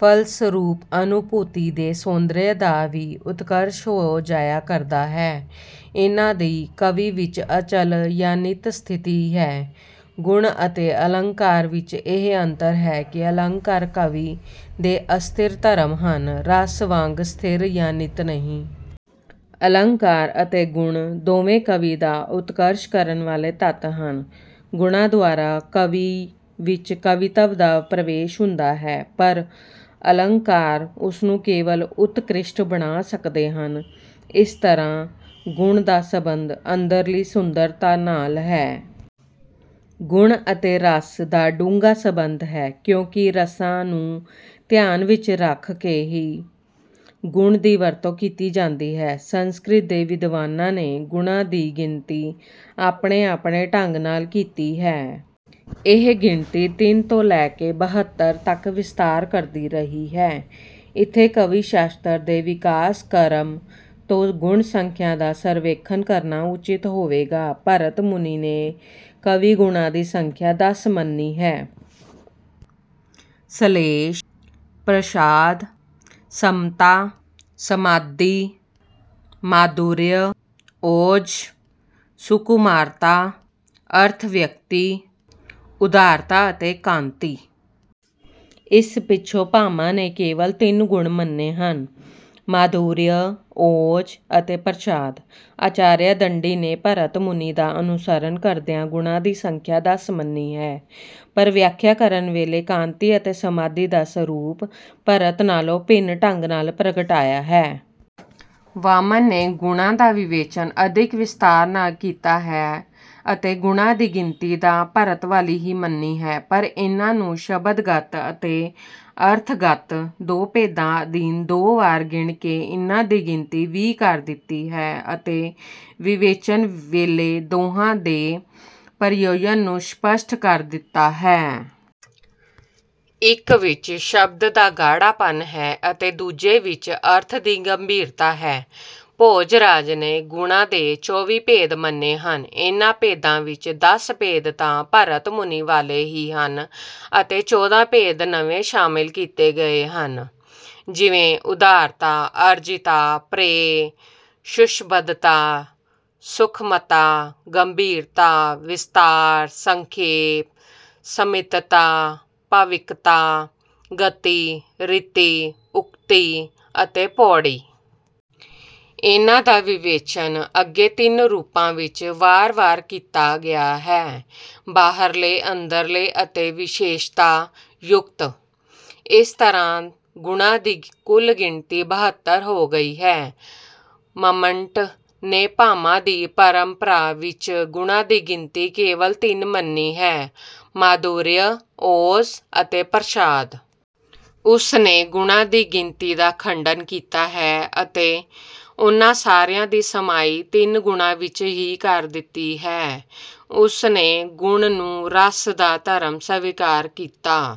ਫਲਸਰੂਪ ਅਨੁਭੂਤੀ ਦੇ ਸੌਂਦਰਯ ਦਾ ਵੀ ਉਤਕਰਸ਼ ਹੋ ਜਾਇਆ ਕਰਦਾ ਹੈ। ਇਨ੍ਹਾਂ ਦੀ ਕਾਵਿ ਵਿੱਚ ਅਚਲ ਜਾਂ ਨਿੱਤ ਸਥਿਤੀ ਹੈ। ਗੁਣ ਅਤੇ ਅਲੰਕਾਰ ਵਿੱਚ ਇਹ ਅੰਤਰ ਹੈ ਕਿ ਅਲੰਕਾਰ ਕਾਵਿ ਦੇ ਅਸਥਿਰ ਧਰਮ ਹਨ, ਰਸ ਵਾਂਗ ਸਥਿਰ ਜਾਂ ਨਿੱਤ ਨਹੀਂ। ਅਲੰਕਾਰ ਅਤੇ ਗੁਣ ਦੋਵੇਂ ਕਾਵਿ ਦਾ ਉਤਕਰਸ਼ ਕਰਨ ਵਾਲੇ ਤੱਤ ਹਨ। ਗੁਣਾਂ ਦੁਆਰਾ ਕਾਵਿ ਵਿੱਚ ਕਾਵਿਤਵ ਦਾ ਪ੍ਰਵੇਸ਼ ਹੁੰਦਾ ਹੈ, ਪਰ ਅਲੰਕਾਰ ਉਸਨੂੰ ਕੇਵਲ ਉਤਕ੍ਰਿਸ਼ਟ ਬਣਾ ਸਕਦੇ ਹਨ। ਇਸ ਤਰ੍ਹਾਂ ਗੁਣ ਦਾ ਸਬੰਧ ਅੰਦਰਲੀ ਸੁੰਦਰਤਾ ਨਾਲ ਹੈ। ਗੁਣ ਅਤੇ ਰਸ ਦਾ ਡੂੰਘਾ ਸਬੰਧ ਹੈ, ਕਿਉਂਕਿ ਰਸਾਂ ਨੂੰ ਧਿਆਨ ਵਿੱਚ ਰੱਖ ਕੇ ਹੀ ਗੁਣ ਦੀ ਵਰਤੋਂ ਕੀਤੀ ਜਾਂਦੀ ਹੈ। ਸੰਸਕ੍ਰਿਤ ਦੇ ਵਿਦਵਾਨਾਂ ਨੇ ਗੁਣਾਂ ਦੀ ਗਿਣਤੀ ਆਪਣੇ-ਆਪਣੇ ਢੰਗ ਨਾਲ ਕੀਤੀ ਹੈ। ਇਹ ਗਿਣਤੀ ਤਿੰਨ ਤੋਂ ਲੈ ਕੇ ਬਹੱਤਰ ਤੱਕ ਵਿਸਤਾਰ ਕਰਦੀ ਰਹੀ ਹੈ। ਇੱਥੇ ਕਾਵਿ-ਸ਼ਾਸਤਰ ਦੇ ਵਿਕਾਸ ਕ੍ਰਮ ਤੋਂ ਗੁਣ-ਸੰਖਿਆ ਦਾ ਸਰਵੇਖਣ ਕਰਨਾ ਉਚਿਤ ਹੋਵੇਗਾ। ਭਰਤ ਮੁਨੀ ਨੇ ਕਾਵਿ-ਗੁਣਾਂ ਦੀ ਸੰਖਿਆ ਦਸ ਮੰਨੀ ਹੈ - ਸ਼ਲੇਸ਼, ਪ੍ਰਸਾਦ, ਸਮਤਾ, ਸਮਾਧੀ, ਮਾਧੁਰਯ, ਓਜ, ਸੁਕੁਮਾਰਤਾ, ਅਰਥ-ਵਿਅਕਤੀ, ਉਦਾਰਤਾ ਅਤੇ ਕਾਂਤੀ। ਇਸ ਪਿੱਛੋਂ ਭਾਮਹ ਨੇ ਕੇਵਲ ਤਿੰਨ ਗੁਣ ਮੰਨੇ ਹਨ - ਮਾਧੁਰਯ, ਓਜ ਅਤੇ ਪ੍ਰਸਾਦ। ਆਚਾਰਯ ਦੰਡੀ ਨੇ ਭਰਤ ਮੁਨੀ ਦਾ ਅਨੁਸਰਣ ਕਰਦਿਆਂ ਗੁਣਾਂ ਦੀ ਸੰਖਿਆ ਦਸ ਮੰਨੀ ਹੈ, ਪਰ ਵਿਆਖਿਆ ਕਰਨ ਵੇਲੇ ਕਾਂਤੀ ਅਤੇ ਸਮਾਧੀ ਦਾ ਸਰੂਪ ਭਰਤ ਨਾਲੋਂ ਭਿੰਨ ਢੰਗ ਨਾਲ ਪ੍ਰਗਟਾਇਆ ਹੈ। ਵਾਮਨ ਨੇ ਗੁਣਾਂ ਦਾ ਵਿਵੇਚਨ ਅਧਿਕ ਵਿਸਤਾਰ ਨਾਲ ਕੀਤਾ ਹੈ ਅਤੇ ਗੁਣਾਂ ਦੀ ਗਿਣਤੀ ਤਾਂ ਭਰਤ ਵਾਲੀ ਹੀ ਮੰਨੀ ਹੈ, ਪਰ ਇਨ੍ਹਾਂ ਨੂੰ ਸ਼ਬਦਗਤ ਅਤੇ ਅਰਥਗਤ ਦੋ ਭੇਦਾਂ ਅਧੀਨ ਦੋ ਵਾਰ ਗਿਣ ਕੇ ਇਨ੍ਹਾਂ ਦੀ ਗਿਣਤੀ ਵੀਹ ਕਰ ਦਿੱਤੀ ਹੈ ਅਤੇ ਵਿਵੇਚਨ ਵੇਲੇ ਦੋਹਾਂ ਦੇ ਪ੍ਰਯੋਜਨ ਨੂੰ ਸਪੱਸ਼ਟ ਕਰ ਦਿੱਤਾ ਹੈ। ਇੱਕ ਵਿੱਚ ਸ਼ਬਦ ਦਾ ਗਾੜ੍ਹਾਪਨ ਹੈ ਅਤੇ ਦੂਜੇ ਵਿੱਚ ਅਰਥ ਦੀ ਗੰਭੀਰਤਾ ਹੈ। ਭੋਜਰਾਜ ਨੇ ਗੁਣਾਂ ਦੇ ਚੌਵੀ ਭੇਦ ਮੰਨੇ ਹਨ। ਇਨ੍ਹਾਂ ਭੇਦਾਂ ਵਿੱਚ ਦਸ ਭੇਦ ਤਾਂ ਭਰਤ ਮੁਨੀ ਵਾਲੇ ਹੀ ਹਨ ਅਤੇ ਚੌਦਾਂ ਭੇਦ ਨਵੇਂ ਸ਼ਾਮਲ ਕੀਤੇ ਗਏ ਹਨ, ਜਿਵੇਂ ਉਦਾਰਤਾ, ਅਰਜਿਤਾ, ਪ੍ਰੇਅ, ਸੁਸ਼ਬਦਤਾ, ਸੂਖਮਤਾ, ਗੰਭੀਰਤਾ, ਵਿਸਤਾਰ, ਸੰਖੇਪ, ਸਮਿਤਤਾ, ਭਾਵਿਕਤਾ, ਗਤਿ, ਰੀਤਿ, ਉਕਤੀ ਅਤੇ ਪੌੜ੍ਹੀ। ਇਨ੍ਹਾਂ ਦਾ ਵਿਵੇਚਨ ਅੱਗੇ ਤਿੰਨ ਰੂਪਾਂ ਵਿੱਚ ਵਾਰ-ਵਾਰ ਕੀਤਾ ਗਿਆ ਹੈ - ਬਾਹਰਲੇ, ਅੰਦਰਲੇ ਅਤੇ ਵਿਸ਼ੇਸ਼ਤਾ-ਯੁਕਤ। ਇਸ ਤਰ੍ਹਾਂ ਗੁਣਾਂ ਦੀ ਕੁੱਲ ਗਿਣਤੀ ਬਹੱਤਰ ਹੋ ਗਈ ਹੈ। ਮੰਮਟ ਨੇ ਭਾਮਹ ਦੀ ਪਰੰਪਰਾ ਵਿੱਚ ਗੁਣਾਂ ਦੀ ਗਿਣਤੀ ਕੇਵਲ ਤਿੰਨ ਮੰਨੀ ਹੈ - ਮਾਧੁਰਯ, ਓਜ ਅਤੇ ਪ੍ਰਸਾਦ। ਉਸਨੇ ਗੁਣਾਂ ਦੀ ਗਿਣਤੀ ਦਾ ਖੰਡਨ ਕੀਤਾ ਹੈ ਅਤੇ ਉਨ੍ਹਾਂ ਸਾਰਿਆਂ ਦੀ ਸਮਾਈ ਤਿੰਨ ਗੁਣਾਂ ਵਿੱਚ ਹੀ ਕਰ ਦਿੱਤੀ ਹੈ। ਉਸਨੇ ਗੁਣ ਨੂੰ ਰਸ ਦਾ ਧਰਮ ਸਵੀਕਾਰ ਕੀਤਾ।